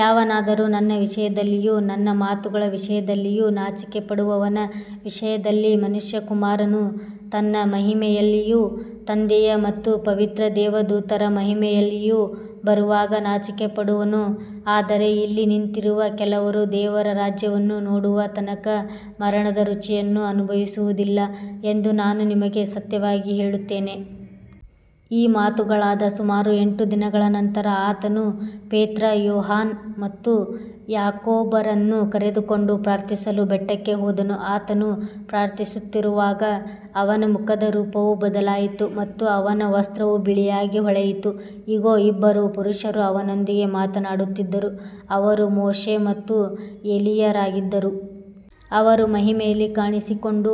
ಯಾವನಾದರೂ ನನ್ನ ವಿಷಯದಲ್ಲಿಯೂ ನನ್ನ ಮಾತುಗಳ ವಿಷಯದಲ್ಲಿಯೂ ನಾಚಿಕೆಪಡುವವನ ವಿಷಯದಲ್ಲಿ ಮನುಷ್ಯಕುಮಾರನು ತನ್ನ ಮಹಿಮೆಯಲ್ಲಿಯೂ ತಂದೆಯ ಮತ್ತು ಪವಿತ್ರ ದೇವದೂತರ ಮಹಿಮೆಯಲ್ಲಿಯೂ ಬರುವಾಗ ನಾಚಿಕೆಪಡುವನು. ಆದರೆ ಇಲ್ಲಿ ನಿಂತಿರುವ ಕೆಲವರು ದೇವರ ರಾಜ್ಯವನ್ನು ನೋಡುವ ತನಕ ಮರಣದ ರುಚಿಯನ್ನು ಅನುಭವಿಸುವುದಿಲ್ಲ ಎಂದು ನಾನು ನಿಮಗೆ ಸತ್ಯವಾಗಿ ಹೇಳುತ್ತೇನೆ. ಈ ಮಾತುಗಳಾದ ಸುಮಾರು ಎಂಟು ದಿನಗಳ ನಂತರ ಆತನು ಪೇತ್ರ, ಯೋಹಾನ ಮತ್ತು ಯಾಕೋಬರನ್ನು ಕರೆದುಕೊಂಡು ಪ್ರಾರ್ಥಿಸಲು ಬೆಟ್ಟಕ್ಕೆ ಹೋದನು. ಆತನು ಪ್ರಾರ್ಥಿಸುತ್ತಿರುವಾಗ ಅವನ ಮುಖದ ರೂಪವು ಬದಲಾಯಿತು ಮತ್ತು ಅವನ ವಸ್ತ್ರವು ಬಿಳಿಯಾಗಿ ಹೊಳೆಯಿತು. ಇಗೋ, ಇಬ್ಬರು ಪುರುಷರು ಅವನೊಂದಿಗೆ ಮಾತನಾಡುತ್ತಿದ್ದರು. ಅವರು ಮೋಶೆ ಮತ್ತು ಎಲೀಯರಾಗಿದ್ದರು. ಅವರು ಮಹಿಮೆಯಲ್ಲಿ ಕಾಣಿಸಿಕೊಂಡು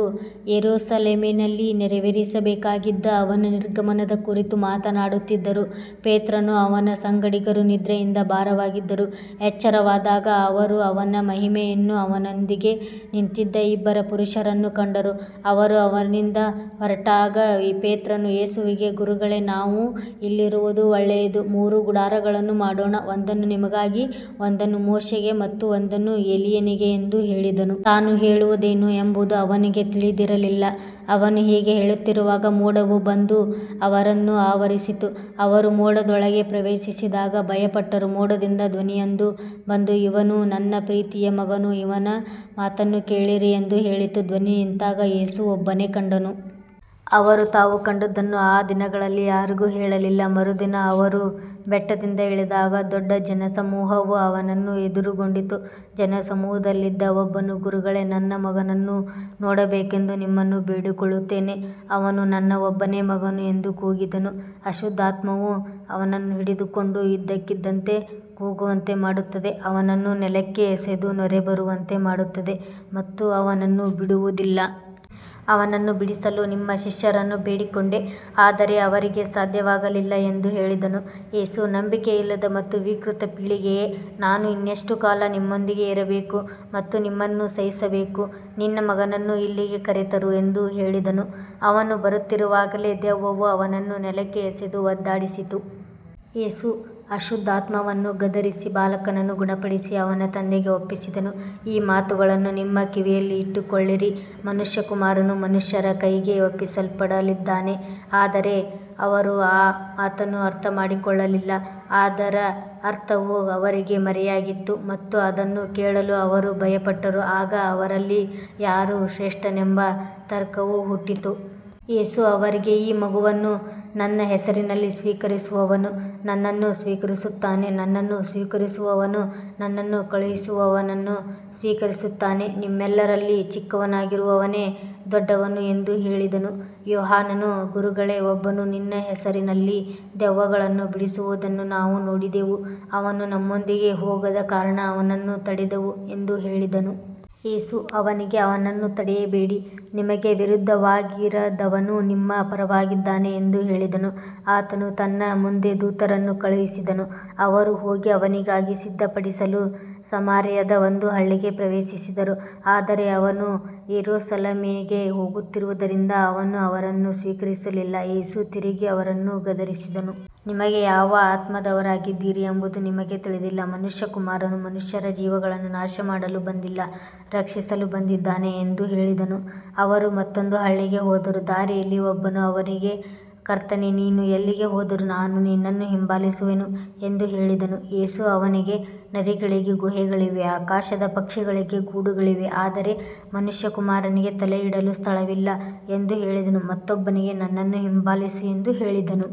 ಯೆರೂಸಲೇಮಿನಲ್ಲಿ ನೆರವೇರಬೇಕಾಗಿದ್ದ ಅವನ ನಿರ್ಗಮನದ ಕುರಿತು ಮಾತನಾಡುತ್ತಿದ್ದರು. ಪೇತ್ರನೂ ಅವನ ಸಂಗಡಿಗರೂ ನಿದ್ರೆಯಿಂದ ಭಾರವಾಗಿದ್ದರು. ಎಚ್ಚರವಾದಾಗ ಅವರು ಅವನ ಮಹಿಮೆಯನ್ನೂ ಅವನೊಂದಿಗೆ ನಿಂತಿದ್ದ ಇಬ್ಬರು ಪುರುಷರನ್ನೂ ಕಂಡರು. ಅವರು ಅವನಿಂದ ಹೊರಟಾಗ ಪೇತ್ರನು ಯೇಸುವಿಗೆ, ಗುರುಗಳೇ, ನಾವು ಇಲ್ಲಿರುವುದು ಒಳ್ಳೆಯದು. ಮೂರು ಗುಡಾರಗಳನ್ನು ಮಾಡೋಣ, ಒಂದನ್ನು ನಿಮಗಾಗಿ, ಒಂದನ್ನು ಮೋಶೆಗೆ ಮತ್ತು ಒಂದನ್ನು ಎಲೀಯನಿಗೆ ಎಂದು ಹೇಳಿದನು. ತಾನು ಹೇಳುವುದೇನು ಎಂಬುದು ಅವನಿಗೆ ತಿಳಿದಿರಲಿಲ್ಲ. ಅವನು ಹೀಗೆ ಹೇಳುತ್ತಿರುವಾಗ ಮೋಡವು ಬಂದು ಅವರನ್ನು ಆವರಿಸಿತು. ಅವರು ಮೋಡದೊಳಗೆ ಪ್ರವೇಶಿಸಿದಾಗ ಭಯಪಟ್ಟರು. ಮೋಡದಿಂದ ಧ್ವನಿಯೊಂದು ಬಂದು, ಇವನು ನನ್ನ ಪ್ರೀತಿಯ ಮಗನು, ಇವನ ಮಾತನ್ನು ಕೇಳಿರಿ ಎಂದು ಹೇಳಿತು. ಧ್ವನಿ ನಿಂತಾಗ ಯೇಸು ಒಬ್ಬನೇ ಕಂಡನು. ಅವರು ತಾವು ಕಂಡದ್ದನ್ನು ಆ ದಿನಗಳಲ್ಲಿ ಯಾರಿಗೂ ಹೇಳಲಿಲ್ಲ. ಮರುದಿನ ಅವರು ಬೆಟ್ಟದಿಂದ ಇಳಿದಾಗ ದೊಡ್ಡ ಜನಸಮೂಹವು ಅವನನ್ನು ಎದುರುಗೊಂಡಿತು. ಜನಸಮೂಹದಲ್ಲಿದ್ದ ಒಬ್ಬನು, ಗುರುಗಳೇ, ನನ್ನ ಮಗನನ್ನು ನೋಡಬೇಕೆಂದು ನಿಮ್ಮನ್ನು ಬೇಡಿಕೊಳ್ಳುತ್ತೇನೆ, ಅವನು ನನ್ನ ಒಬ್ಬನೇ ಮಗನು ಎಂದು ಕೂಗಿದನು. ಅಶುದ್ಧಾತ್ಮವು ಅವನನ್ನು ಹಿಡಿದುಕೊಂಡು ಇದ್ದಕ್ಕಿದ್ದಂತೆ ಕೂಗುವಂತೆ ಮಾಡುತ್ತದೆ, ಅವನನ್ನು ನೆಲಕ್ಕೆ ಎಸೆದು ನೊರೆಬರುವಂತೆ ಮಾಡುತ್ತದೆ ಮತ್ತು ಅವನನ್ನು ಬಿಡುವುದಿಲ್ಲ. ಅವನನ್ನು ಬಿಡಿಸಲು ನಿಮ್ಮ ಶಿಷ್ಯರನ್ನು ಬೇಡಿಕೊಂಡೆ, ಆದರೆ ಅವರಿಗೆ ಸಾಧ್ಯವಾಗಲಿಲ್ಲ ಎಂದು ಹೇಳಿದನು. ಯೇಸು, ನಂಬಿಕೆಯಿಲ್ಲದ ಮತ್ತು ವಿಕೃತ ಪೀಳಿಗೆಯೇ, ನಾನು ಇನ್ನೆಷ್ಟು ಕಾಲ ನಿಮ್ಮೊಂದಿಗೆ ಇರಬೇಕು ಮತ್ತು ನಿಮ್ಮನ್ನು ಸಹಿಸಬೇಕು? ನಿನ್ನ ಮಗನನ್ನು ಇಲ್ಲಿಗೆ ಕರೆತರು ಎಂದು ಹೇಳಿದನು. ಅವನು ಬರುತ್ತಿರುವಾಗಲೇ ದೆವ್ವವು ಅವನನ್ನು ನೆಲಕ್ಕೆ ಎಸೆದು ಒದ್ದಾಡಿಸಿತು. ಯೇಸು ಅಶುದ್ಧಾತ್ಮವನ್ನು ಗದರಿಸಿ ಬಾಲಕನನ್ನು ಗುಣಪಡಿಸಿ ಅವನ ತಂದೆಗೆ ಒಪ್ಪಿಸಿದನು. ಈ ಮಾತುಗಳನ್ನು ನಿಮ್ಮ ಕಿವಿಯಲ್ಲಿ ಇಟ್ಟುಕೊಳ್ಳಿರಿ, ಮನುಷ್ಯಕುಮಾರನು ಮನುಷ್ಯರ ಕೈಗೆ ಒಪ್ಪಿಸಲ್ಪಡಲಿದ್ದಾನೆ. ಆದರೆ ಅವರು ಆ ಮಾತನ್ನು ಅರ್ಥಮಾಡಿಕೊಳ್ಳಲಿಲ್ಲ. ಅದರ ಅರ್ಥವು ಅವರಿಗೆ ಮರೆಯಾಗಿತ್ತು ಮತ್ತು ಅದನ್ನು ಕೇಳಲು ಅವರು ಭಯಪಟ್ಟರು. ಆಗ ಅವರಲ್ಲಿ ಯಾರು ಶ್ರೇಷ್ಠನೆಂಬ ತರ್ಕವು ಹುಟ್ಟಿತು. ಯೇಸು ಅವರಿಗೆ, ಈ ಮಗುವನ್ನು ನನ್ನ ಹೆಸರಿನಲ್ಲಿ ಸ್ವೀಕರಿಸುವವನು ನನ್ನನ್ನು ಸ್ವೀಕರಿಸುತ್ತಾನೆ, ನನ್ನನ್ನು ಸ್ವೀಕರಿಸುವವನು ನನ್ನನ್ನು ಕಳುಹಿಸಿದವನನ್ನು ಸ್ವೀಕರಿಸುತ್ತಾನೆ. ನಿಮ್ಮೆಲ್ಲರಲ್ಲಿ ಚಿಕ್ಕವನಾಗಿರುವವನೇ ದೊಡ್ಡವನು ಎಂದು ಹೇಳಿದನು. ಯೋಹಾನನು, ಗುರುಗಳೇ, ಒಬ್ಬನು ನಿನ್ನ ಹೆಸರಿನಲ್ಲಿ ದೆವ್ವಗಳನ್ನು ಬಿಡಿಸುವುದನ್ನು ನಾವು ನೋಡಿದೆವು. ಅವನು ನಮ್ಮೊಂದಿಗೆ ಹೋಗದ ಕಾರಣ ಅವನನ್ನು ತಡೆದೆವು ಎಂದು ಹೇಳಿದನು. ಯೇಸು ಅವನಿಗೆ, ಅವನನ್ನು ತಡೆಯಬೇಡಿ, ನಿಮಗೆ ವಿರುದ್ಧವಾಗಿರದವನು ನಿಮ್ಮ ಪರವಾಗಿದ್ದಾನೆ ಎಂದು ಹೇಳಿದನು. ಆತನು ತನ್ನ ಮುಂದೆ ದೂತರನ್ನು ಕಳುಹಿಸಿದನು. ಅವರು ಹೋಗಿ ಅವನಿಗಾಗಿ ಸಿದ್ಧಪಡಿಸಲು ಸಮಾರ್ಯದ ಒಂದು ಹಳ್ಳಿಗೆ ಪ್ರವೇಶಿಸಿದರು. ಆದರೆ ಅವನು ಯೆರೂಸಲೇಮಿಗೆ ಹೋಗುತ್ತಿದ್ದುದರಿಂದ ಅವರು ಅವನನ್ನು ಸ್ವೀಕರಿಸಲಿಲ್ಲ. ಯೇಸು ತಿರುಗಿ ಅವರನ್ನು ಗದರಿಸಿದನು. ನಿಮಗೆ ಯಾವ ಆತ್ಮದವರಾಗಿದ್ದೀರಿ ಎಂಬುದು ನಿಮಗೆ ತಿಳಿದಿಲ್ಲ. ಮನುಷ್ಯಕುಮಾರನು ಮನುಷ್ಯರ ಜೀವಗಳನ್ನು ನಾಶಮಾಡಲು ಬಂದಿಲ್ಲ, ರಕ್ಷಿಸಲು ಬಂದಿದ್ದಾನೆ ಎಂದು ಹೇಳಿದನು. ಅವರು ಮತ್ತೊಂದು ಹಳ್ಳಿಗೆ ಹೋದರು. ದಾರಿಯಲ್ಲಿ ಒಬ್ಬನು ಅವನಿಗೆ, ಕರ್ತನೇ, ನೀನು ಎಲ್ಲಿಗೆ ಹೋದರೂ ನಾನು ನಿನ್ನನ್ನು ಹಿಂಬಾಲಿಸುವೆನು ಎಂದು ಹೇಳಿದನು. ಯೇಸು ಅವನಿಗೆ, ನರಿಗಳಿಗೆ ಗುಹೆಗಳಿವೆ, ಆಕಾಶದ ಪಕ್ಷಿಗಳಿಗೆ ಗೂಡುಗಳಿವೆ, ಆದರೆ ಮನುಷ್ಯಕುಮಾರನಿಗೆ ತಲೆಯಿಡಲು ಸ್ಥಳವಿಲ್ಲ ಎಂದು ಹೇಳಿದನು. ಮತ್ತೊಬ್ಬನಿಗೆ, ನನ್ನನ್ನು ಹಿಂಬಾಲಿಸು ಎಂದು ಹೇಳಿದನು.